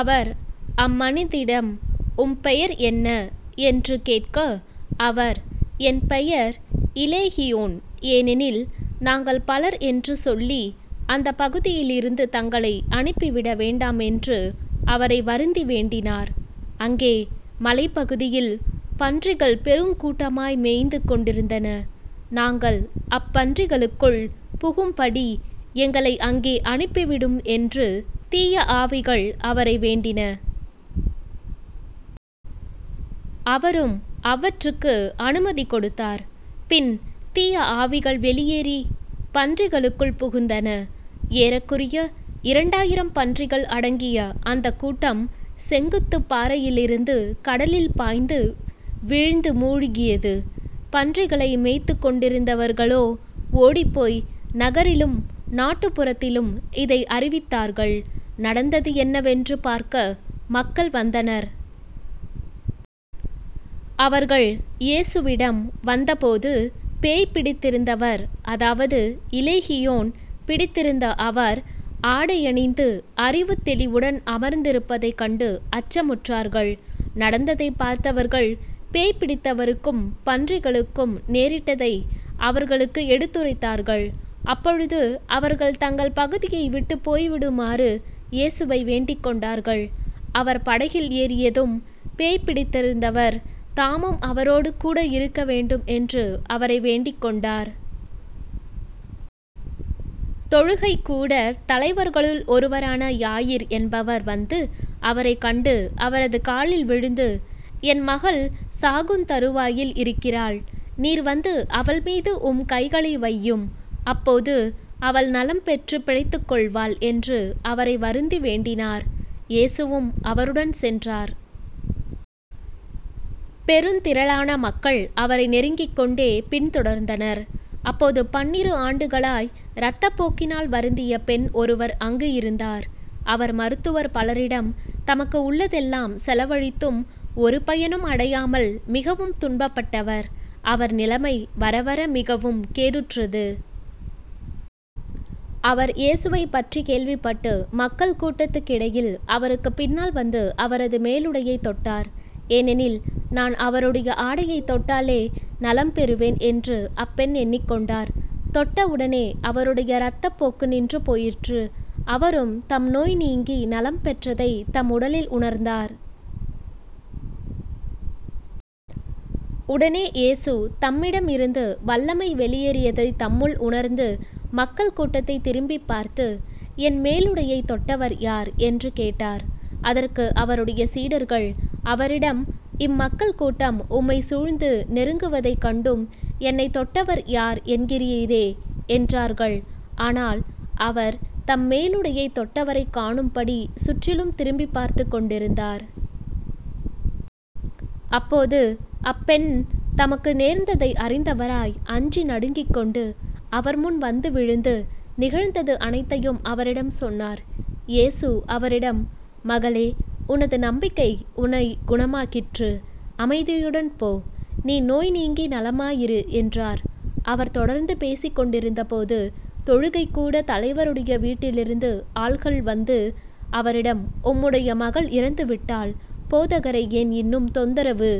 அவர் அம்மனிதிடம் உம் பெயர் என்ன? என்று கேட்க அவர் என் பெயர் இலேகியோன் ஏனெனில் நாங்கள் பலர் என்று சொல்லி அந்தப் பகுதியிலிருந்து தங்களை அனுப்பிவிட வேண்டாமென்று அவரை வருந்தி வேண்டினார். அங்கே மலைப்பகுதியில் பன்றிகள் பெருங் கூட்டமாய் மேய்ந்து கொண்டிருந்தன. நாங்கள் அப்பன்றிகளுக்குள் புகும்படி எங்களை அங்கே அனுப்பிவிடும் என்று தீய ஆவிகள் அவரை வேண்டின. அவரும் அவற்றுக்கு அனுமதி கொடுத்தார். பின் தீய ஆவிகள் வெளியேறிப் பன்றிகளுக்குள் புகுந்தன. ஏறக்குறைய இரண்டாயிரம் பன்றிகள் அடங்கிய அந்தக் கூட்டம் செங்குத்துப் பாறையிலிருந்து கடலில் பாய்ந்து வீழ்ந்து மூழ்கியது. பன்றிகளை மேய்த்துக்கொண்டிருந்தவர்களோ ஓடிப்போய் நகரிலும் நாட்டுப்புறத்திலும் இதை அறிவித்தார்கள். நடந்தது என்னவென்று பார்க்க மக்கள் வந்தனர். அவர்கள் இயேசுவிடம் வந்தபோது பேய் பிடித்திருந்தவர் அதாவது இலேகியோன் பிடித்திருந்த அவர் ஆடையணிந்து அறிவுத் தெளிவுடன் அமர்ந்திருப்பதைக் கண்டு அச்சமுற்றார்கள். நடந்ததைப் பார்த்தவர்கள் பேய் பிடித்தவருக்கும் பன்றிகளுக்கும் நேரிட்டதை அவர்களுக்கு எடுத்துரைத்தார்கள். அப்பொழுது அவர்கள் தங்கள் பகுதியை விட்டுப் போய்விடுமாறு இயேசுவை வேண்டிக்கொண்டார்கள். அவர் படகில் ஏறியதும் பேய் பிடித்திருந்தவர் தாமும் அவரோடு கூட இருக்க வேண்டும் என்று அவரை வேண்டிக்கொண்டார். தொழுகைக் கூடத் தலைவர்களுள் ஒருவரான யாயிர் என்பவர் வந்து அவரைக் கண்டு அவரது காலில் விழுந்து என் மகள் சாகுந்தறுவாயில் இருக்கிறாள். நீர் வந்து அவள்மீது உம் கைகளை வையும். அப்போது அவள் நலம் பெற்றுப் பிழைத்துக்கொள்வாள் என்று அவரை வருந்தி வேண்டினார். இயேசுவும் அவருடன் சென்றார். பெருந்திரளான மக்கள் அவரை நெருக்கிக் கொண்டே பின்தொடர்ந்தனர். அப்போது பன்னிரு ஆண்டுகளாய் இரத்தப் போக்கினால் வருந்திய பெண் ஒருவர் அங்கு இருந்தார். அவர் மருத்துவர் பலரிடம் தமக்கு உள்ளதெல்லாம் செலவழித்தும் ஒரு பயனும் அடையாமல் மிகவும் துன்பப்பட்டவர். அவர் நிலைமை வர வர மிகவும் கேடுற்றது. அவர் இயேசுவைப்பற்றிக் கேள்விப்பட்டு மக்கள் கூட்டத்துக்கிடையில் அவருக்குப் பின்னால் வந்து அவரது மேலுடையைத் தொட்டார். ஏனெனில் நான் அவருடைய ஆடையைத் தொட்டாலே நலம் பெறுவேன் என்று அப்பெண் எண்ணிக் கொண்டார். தொட்ட உடனே அவருடைய இரத்தப் போக்கு நின்று போயிற்று. அவரும் தம் நோய் நீங்கி நலம் பெற்றதைத் தம் உடலில் உணர்ந்தார். உடனே இயேசு தம்மிடமிருந்து வல்லமை வெளியேறியதைத் தம்முள் உணர்ந்து மக்கள் கூட்டத்தைத் திரும்பிப் பார்த்து,"என் மேலுடையைத் தொட்டவர் யார்? என்று கேட்டார். அதற்கு அவருடைய சீடர்கள் அவரிடம் இம்மக்கள் கூட்டம் உம்மைச் சூழ்ந்து நெருக்குவதைக் கண்டும் என்னைத் தொட்டவர் யார்? " என்கிறீரே. என்றார்கள். ஆனால் அவர் தம் மேலுடையைத் தொட்டவரைக் காணும்படி சுற்றிலும் திரும்பிப் பார்த்துக் கொண்டிருந்தார். அப்போது அப்பெண் தமக்கு நேர்ந்ததை அறிந்தவராய், அஞ்சி நடுங்கிக்கொண்டு, அவர்முன் வந்து விழுந்து, நிகழ்ந்தது அனைத்தையும் அவரிடம் சொன்னார். இயேசு அவரிடம் மகளே உனது நம்பிக்கை உன்னைக் குணமாக்கிற்று. அமைதியுடன் போ. நீ நோய் நீங்கி நலமாயிரு என்றார். அவர் தொடர்ந்து பேசிக்கொண்டிருந்தபோது, தொழுகைக் கூடத் தலைவருடைய வீட்டிலிருந்து ஆள்கள் வந்து, அவரிடம் உம்முடைய மகள் இறந்துவிட்டாள். போதகரை ஏன் இன்னும் தொந்தரவு